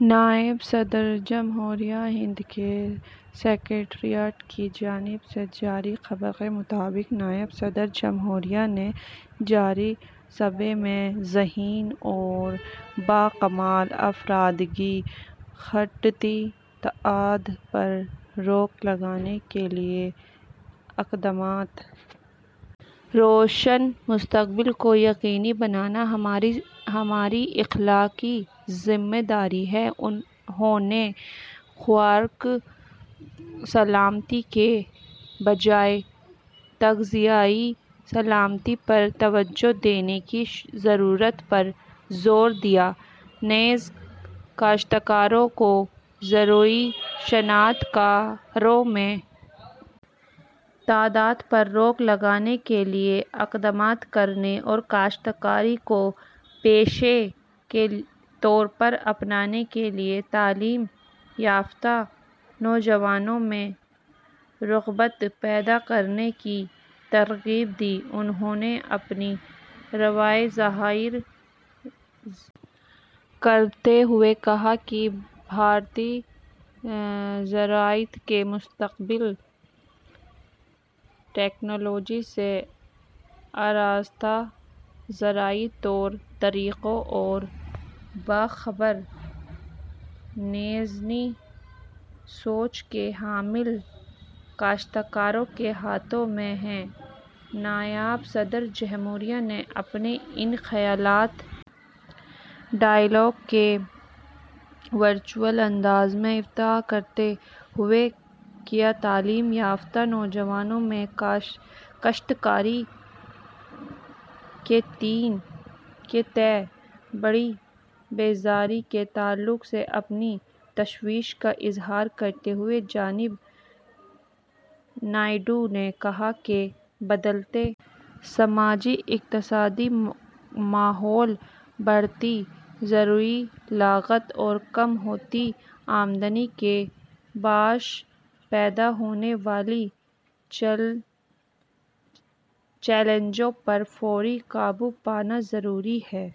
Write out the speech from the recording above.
نائب صدر جمہوریہ ہند کے سکریٹریٹ کی جانب سے جاری خبر کے مطابق نائب صدر جمہوریہ نے زرعی شعبے میں ذہین اور باکمال افراد کی گھٹتی تعداد پر روک لگانے کے لیے اقدامات روشن مستقبل کو یقینی بنانا ہماری اخلاقی ذمہ داری ہے انہوں نے خوراک سلامتی کے بجائے تغذیائی سلامتی پر توجہ دینے کی ضرورت پر زور دیا نیز کاشتکاروں کو زرعی صنعت کاروں میں تعداد پر روک لگانے کے لیے اقدامات کرنے اور کاشتکاری کو پیشے کے طور پر اپنانے کے لیے تعلیم یافتہ نوجوانوں میں رغبت پیدا کرنے کی ترغیب دی انہوں نے اپنی رائے ظاہر کرتے ہوئے کہا کہ بھارتی زراعت کا مستقبل تکنالوجی سے آراستہ زرعی طور طریقوں اور باخبر نیز نئی سوچ کے حامل کاشتکاروں کے ہاتھوں میں ہے نائب صدر جمہوریہ نے اپنے ان خیالات ڈائیلاگ کا ورچوئل انداز میں افتتاح کرتے ہوئے کیا تعلیم یافتہ نوجوانوں میں کاشتکاری کے تئیں بڑھتی بیزاری کے تعلق سے اپنی تشویش کا اظہار کرتے ہوئے جناب نائیڈو نے کہا کہ بدلتے سماجی اقتصادی ماحول بڑھتی زرعی لاگت اور کم ہوتی آمدنی کے باعث پیدا ہونے والے چیلنجوں پر فوری قابو پانا ضروری ہے